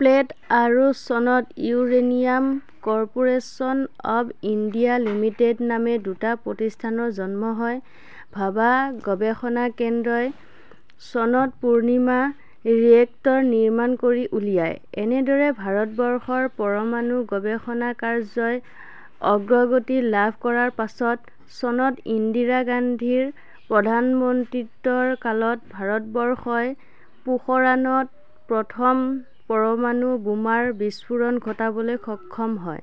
Plant আৰু চনত uranium corporation of India limited" নামে দুটা প্ৰতিষ্ঠানৰ জন্ম হয়। ভাবা গৱেষণা কেন্দ্ৰই চনত 'পূৰ্ণিমা ৰিয়েক্টৰ' নিৰ্মাণ কৰি উলিয়ায়। এনেদৰে ভাৰতবৰ্ষৰ পৰমাণু গৱেষণা কাৰ্যই অগ্ৰগতি লাভ কৰাৰ পাচত, চনত 'ইন্দিৰা গান্ধীৰ প্ৰধানমন্ত্ৰিত্বৰ কালত ভাৰতবৰ্ষই পোখৰাণত প্ৰথম পৰমাণু বোমাৰ বিস্ফোৰণ ঘটাবলৈ সক্ষম হয়।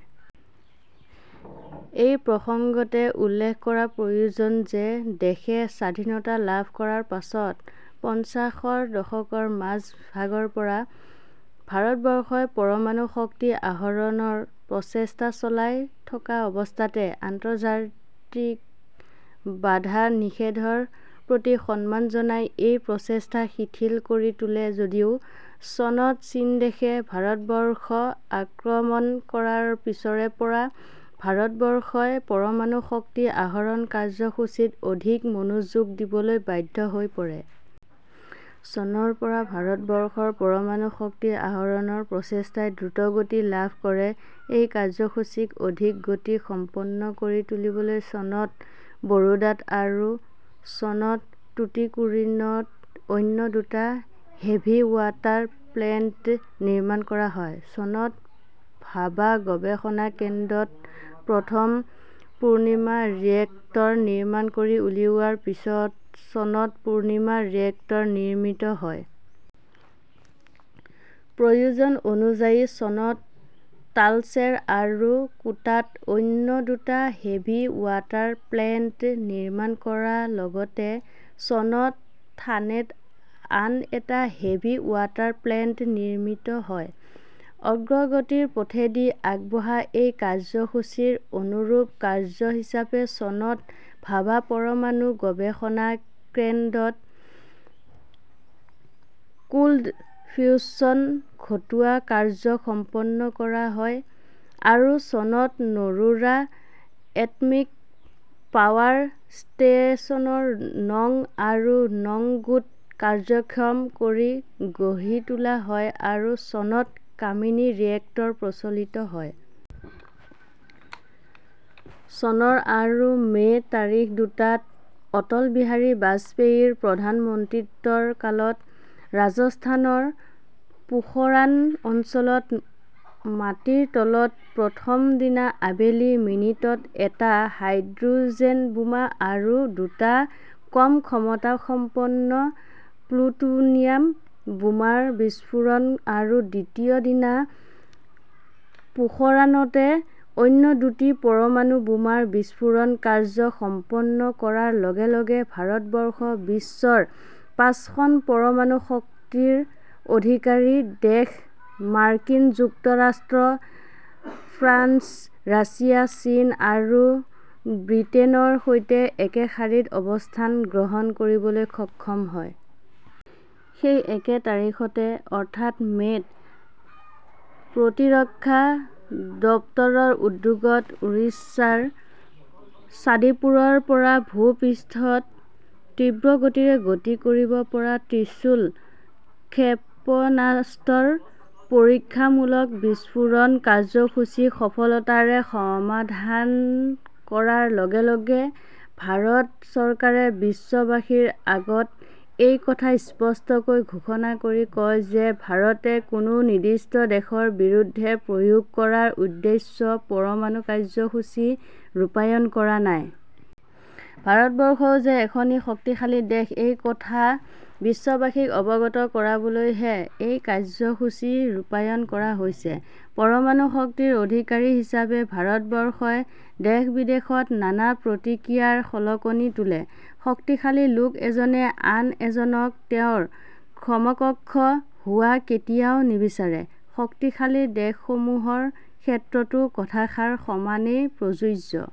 এই প্ৰসংগতে উল্লেখ কৰা প্ৰয়োজন যে দেশে স্বাধীনতা লাভ কৰাৰ পাচত, পঞ্চাশৰ দশকৰ মাজ ভাগৰপৰা ভাৰতবৰ্ষই পৰমাণু শক্তি আহৰণৰ প্ৰচেষ্টা চলাই থকা অৱস্থাতে আন্তৰ্জাতিক বাধা-নিষেধৰ প্ৰতি সন্মান জনাই এই প্ৰচেষ্টা শিথিল কৰি তোলে যদিও চনত চীনদেশে ভাৰতবৰ্ষ আক্ৰমণ কৰাৰ পিছৰেপৰা ভাৰতবৰ্ষই পৰমাণু শক্তি আহৰণ কাৰ্যসূচীত আধিক মনোযোগ দিবলৈ বাধ্য হৈ পৰে। চনৰপৰা ভাৰতবৰ্ষৰ পৰমাণু শক্তি আহৰণৰ প্ৰচেষ্টাই দ্ৰুত গতি লাভ কৰে। এই কাৰ্যসূচীক অধিক গতি সম্পন্ন কৰি তুলিবলৈ চনত বৰোদাত আৰু চনত টুটিকোৰিনত অন্য দুটা হেভী ওৱাটাৰ প্লেণ্ট নিৰ্মাণ কৰা হয়। চনত ভাবা গৱেষণা কেন্দ্ৰত প্ৰথম "পূৰ্ণিমা ৰিয়েক্টৰ" নিৰ্মাণ কৰি উলিওৱাৰ পিছত চনত "পূৰ্ণিমা- ৰিয়েক্টৰ" নিৰ্মিত হয়। প্ৰয়োজন অনুযায়ী চনত তালচেৰ আৰু কোটাত অন্য দুটা হেভী ওৱাটাৰ প্লেণ্ট নিৰ্মাণ কৰা লগতে চনত থানেত আন এটা হেভী ওৱাটাৰ প্লেণ্ট নিৰ্মিত হয়। অগ্ৰগতিৰ পথেদি আগবঢ়া এই কাৰ্যসূচীৰ অনুৰূপ কাৰ্য হিচাপে চনত ভাবা পৰমাণু গৱেষণা কেন্দ্ৰত কোল্ড ফিউচন ঘটোৱা কাৰ্য সম্পন্ন কৰা হয় ৷ আৰু চনত নৰোৰা এটমিক পাৱাৰ ষ্টেচনৰ নং আৰু নং গোট কাৰ্যক্ষম কৰি গঢ়ি তোলা হয় আৰু চনত "কামিনী ৰিয়েক্টৰ" প্ৰচলিত হয়। চনৰ আৰু মে' তাৰিখ দুটাত অটল বিহাৰী বাজপেয়ীৰ প্ৰধানমন্ত্ৰিত্বৰ কালত ৰাজস্থানৰ পোখৰাণ অঞ্চলত মাটিৰ তলত প্ৰথম দিনা আবেলি মিনিটত এটা হাইড্ৰোজেন বোমা আৰু দুটা কম ক্ষমতাসম্পন্ন প্লুটোনিয়াম বোমাৰ বিস্ফোৰণ আৰু দ্বিতীয় দিনা পোখৰাণতে অন্য দুটি পৰমাণু বোমাৰ বিস্ফোৰণ কাৰ্য সম্পন্ন কৰাৰ লগে লগে ভাৰতবৰ্ষ বিশ্বৰ পাঁচখন পৰমাণু শক্তিৰ অধিকাৰী দেশ মাৰ্কিন যুক্তৰাষ্ট্ৰ, ফ্ৰান্স, ৰাছিয়া, চীন আৰু বৃটেনৰ সৈতে একে শাৰীত অৱস্থান গ্ৰহণ কৰিবলৈ সক্ষম হয়। সেই একে তাৰিখতে অৰ্থাৎ মে'ত প্ৰতিৰক্ষা দপ্তৰৰ উদ্যোগত উৰিষ্যাৰ চাঁদিপুৰৰ পৰা ভূ-পৃষ্ঠত তীব্ৰগতিৰে গতি কৰিব পৰা ত্ৰিশূল ক্ষেপণাস্ত্ৰৰ পৰীক্ষামূলক বিস্ফোৰণ কাৰ্যসূচী সফলতাৰে সমাধা কৰাৰ লগে লগে ভাৰত চৰকাৰে বিশ্ববাসীৰ আগত এই কথা স্পষ্ট কৈ ঘোষণা কৰি কয় যে ভাৰতে কোনো নিৰ্দিষ্ট দেশৰ বিৰুদ্ধে প্ৰয়োগ কৰাৰ উদ্দেশ্য পৰমাণু কাৰ্য্যসূচী ৰূপায়ণ কৰা নাই। ভাৰতবৰ্ষও যে এখনি শক্তিশালী দেশ এইকথা বিশ্ববাসীক অৱগত কৰাবলৈহে এই কাৰ্যসূচী ৰূপায়ণ কৰা হৈছে। পৰমাণু শক্তিৰ অধিকাৰী হিচাপে ভাৰতবৰ্ষই দেশ-বিদেশত নানা প্ৰতিক্ৰিয়াৰ খলকনি তোলে। শক্তিশালী লোক এজনে আন এজনক তেওঁৰ সমকক্ষ হোৱা কেতিয়াও নিবিচাৰে। শক্তিশালী দেশসমূহৰ ক্ষেত্ৰতো কথাষাৰ সমানেই প্ৰযোজ্য।